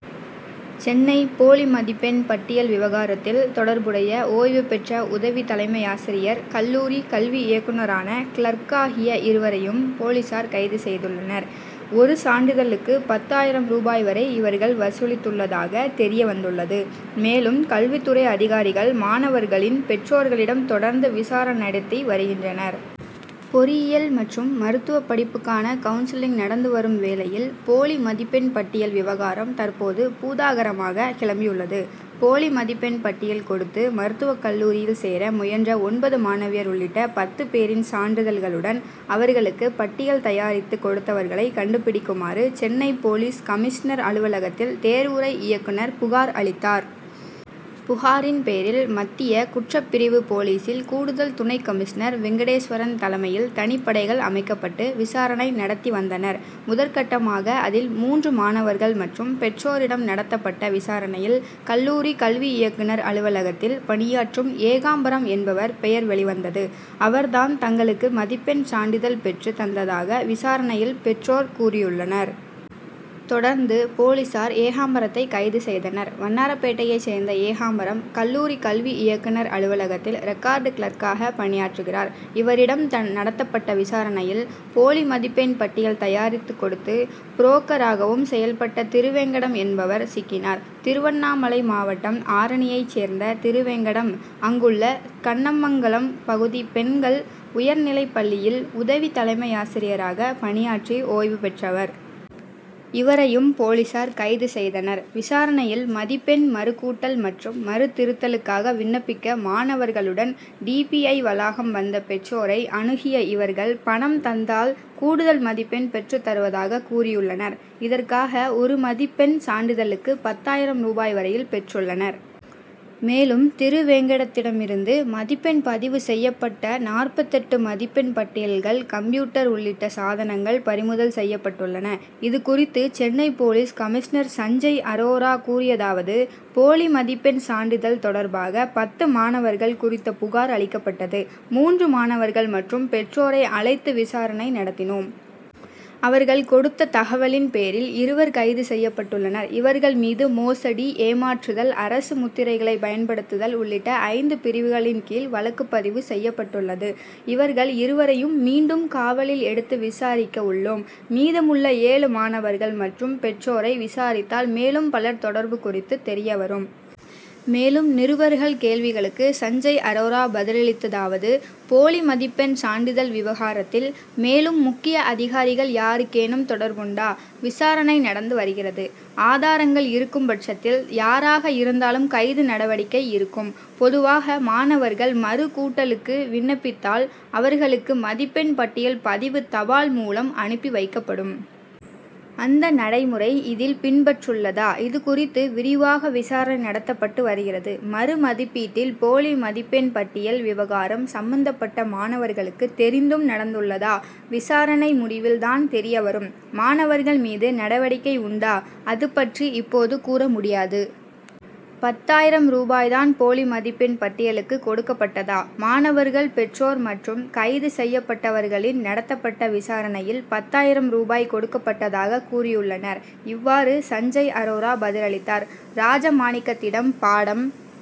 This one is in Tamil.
சென்னை போலி மதிப்பெண் பட்டியல் விவகாரத்தில் தொடர்புடைய ஓய்வு பெற்ற உதவி தலைமையாசிரியர், கல்லூரி கல்வி இயக்குனரான கிளார்க் ஆகிய இருவரையும் போலீசார் கைது செய்துள்ளனர். ஒரு சான்றிதழுக்கு பத்தாயிரம் ரூபாய் வரை இவர்கள் வசூலித்துள்ளதாகத் தெரிய வந்துள்ளது. மேலும், கல்வித்துறை அதிகாரிகள், மாணவர்களின் பெற்றோர்களிடம் தொடர்ந்து விசாரணை நடத்தி வருகின்றனர். பொறியியல் மற்றும் மருத்துவப் படிப்புக்கான கவுன்சிலிங் நடந்து வரும் வேளையில், போலி மதிப்பெண் பட்டியல் விவகாரம் தற்போது பூதாகரமாக கிளம்பியுள்ளது. போலி மதிப்பெண் பட்டியல் கொடுத்து, மருத்துவக் கல்வியில் சேர முயன்ற ஒன்பது மாணவியர் உள்ளிட்ட பத்து பேரின் சான்றிதழ்களுடன், அவர்களுக்கு பட்டியல் தயாரித்து கொடுத்தவர்களை கண்டுபிடிக்குமாறு, சென்னை போலீஸ் கமிஷனர் அலுவலகத்தில் தேர்வுத்துறை இயக்குனர் புகார் அளித்தார். புகாரின் பேரில், மத்திய குற்றப்பிரிவு போலீசில் கூடுதல் துணை கமிஷ்னர் வெங்கடேஸ்வரன் தலைமையில் தனிப்படைகள் அமைக்கப்பட்டு, விசாரணை நடத்தி வந்தனர். முதற்கட்டமாக அதில் மூன்று மாணவர்கள் மற்றும் பெற்றோரிடம் நடத்தப்பட்ட விசாரணையில், கல்லூரி கல்வி இயக்குனர் அலுவலகத்தில் பணியாற்றும் ஏகாம்பரம் என்பவர் பெயர் வெளிவந்தது. அவர் தான் தங்களுக்கு மதிப்பெண் சான்றிதழ் பெற்றுத் தந்ததாக விசாரணையில் பெற்றோர் கூறியுள்ளனர். தொடர்ந்து, போலீசார் ஏகாம்பரத்தை கைது செய்தனர். வண்ணாரப்பேட்டையை சேர்ந்த ஏகாம்பரம் கல்லூரி கல்வி இயக்குனர் அலுவலகத்தில், ரெக்கார்டு கிளார்க்காக பணியாற்றுகிறார். இவரிடம் நடத்தப்பட்ட விசாரணையில், போலி மதிப்பெண் பட்டியல் தயாரித்து கொடுத்து, புரோக்கராகவும் செயல்பட்ட திருவேங்கடம் என்பவர் சிக்கினார். திருவண்ணாமலை மாவட்டம், ஆரணியை சேர்ந்த திருவேங்கடம், அங்குள்ள கண்ணமங்கலம் பகுதி பெண்கள் உயர்நிலைப் பள்ளியில் உதவி தலைமையாசிரியராக பணியாற்றி ஓய்வு பெற்றவர். இவரையும், போலீசார் கைது செய்தனர். விசாரணையில், மதிப்பெண் மறுகூட்டல் மற்றும் மறு திருத்தலுக்காக விண்ணப்பிக்க மாணவர்களுடன் டி. பி. ஐ., வளாகம் வந்த பெற்றோரை அணுகிய இவர்கள், பணம் தந்தால் கூடுதல் மதிப்பெண் பெற்றுத் தருவதாக கூறியுள்ளனர். இதற்காக ஒரு மதிப்பெண் சான்றிதழுக்கு பத்து ஆயிரம் ரூபாய் வரையில் பெற்றுள்ளனர். மேலும், திருவேங்கடத்திடமிருந்து மதிப்பெண் பதிவு செய்யப்பட்ட நாற்பத்தெட்டு மதிப்பெண் பட்டியல்கள், கம்ப்யூட்டர் உள்ளிட்ட சாதனங்கள் பறிமுதல் செய்யப்பட்டுள்ளன. இதுகுறித்து சென்னை போலீஸ் கமிஷ்னர் சஞ்சய் அரோரா கூறியதாவது: போலி மதிப்பெண் சான்றிதழ் தொடர்பாக, பத்து மாணவர்கள் குறித்த புகார் அளிக்கப்பட்டது. மூன்று மாணவர்கள் மற்றும் பெற்றோரை அழைத்து விசாரணை நடத்தினோம். அவர்கள் கொடுத்த தகவலின் பேரில் இருவர் கைது செய்யப்பட்டுள்ளனர். இவர்கள் மீது மோசடி, ஏமாற்றுதல், அரசு முத்திரைகளை பயன்படுத்துதல் உள்ளிட்ட ஐந்து பிரிவுகளின் கீழ் வழக்குப் பதிவு செய்யப்பட்டுள்ளது. இவர்கள் இருவரையும் மீண்டும் காவலில் எடுத்து விசாரிக்க உள்ளோம். மீதமுள்ள ஏழு மாணவர்கள் மற்றும் பெற்றோரை விசாரித்தால் மேலும் பலர் தொடர்பு குறித்து தெரியவரும். மேலும், நிருபர்கள் கேள்விகளுக்கு சஞ்சய் அரோரா பதிலளித்ததாவது: போலி மதிப்பெண் சான்றிதல் விவகாரத்தில் மேலும் முக்கிய அதிகாரிகள் யாருக்கேனும் தொடர்புண்டா? விசாரணை நடந்து வருகிறது. ஆதாரங்கள் இருக்கும் பட்சத்தில் யாராக இருந்தாலும் கைது நடவடிக்கை இருக்கும். பொதுவாக மாணவர்கள் மறு கூட்டலுக்கு விண்ணப்பித்தால் அவர்களுக்கு மதிப்பெண் பட்டியல் பதிவுத் தபால் மூலம் அனுப்பி வைக்கப்படும். அந்த நடைமுறை இதில் பின்பற்றுள்ளதா? இதுகுறித்து விரிவாக விசாரணை நடத்தப்பட்டு வருகிறது. மறு மதிப்பீட்டில் போலி மதிப்பெண் பட்டியல் விவகாரம் சம்பந்தப்பட்ட மாணவர்களுக்கு தெரிந்தும் நடந்துள்ளதா? விசாரணை முடிவில் தான் தெரிய வரும். மாணவர்கள் மீது நடவடிக்கை உண்டா? அது பற்றி இப்போது கூற முடியாது. பத்தாயிரம் ரூபாய் தான் போலி மதிப்பெண் பட்டியலுக்கு கொடுக்கப்பட்டதா? மாணவர்கள், பெற்றோர் மற்றும் கைது செய்யப்பட்டவர்களின் நடத்தப்பட்ட விசாரணையில், பத்தாயிரம் ரூபாய் கொடுக்கப்பட்டதாக கூறியுள்ளனர். இவ்வாறு சஞ்சய் அரோரா பதிலளித்தார். ராஜமாணிக்கத்திடம் பாடம்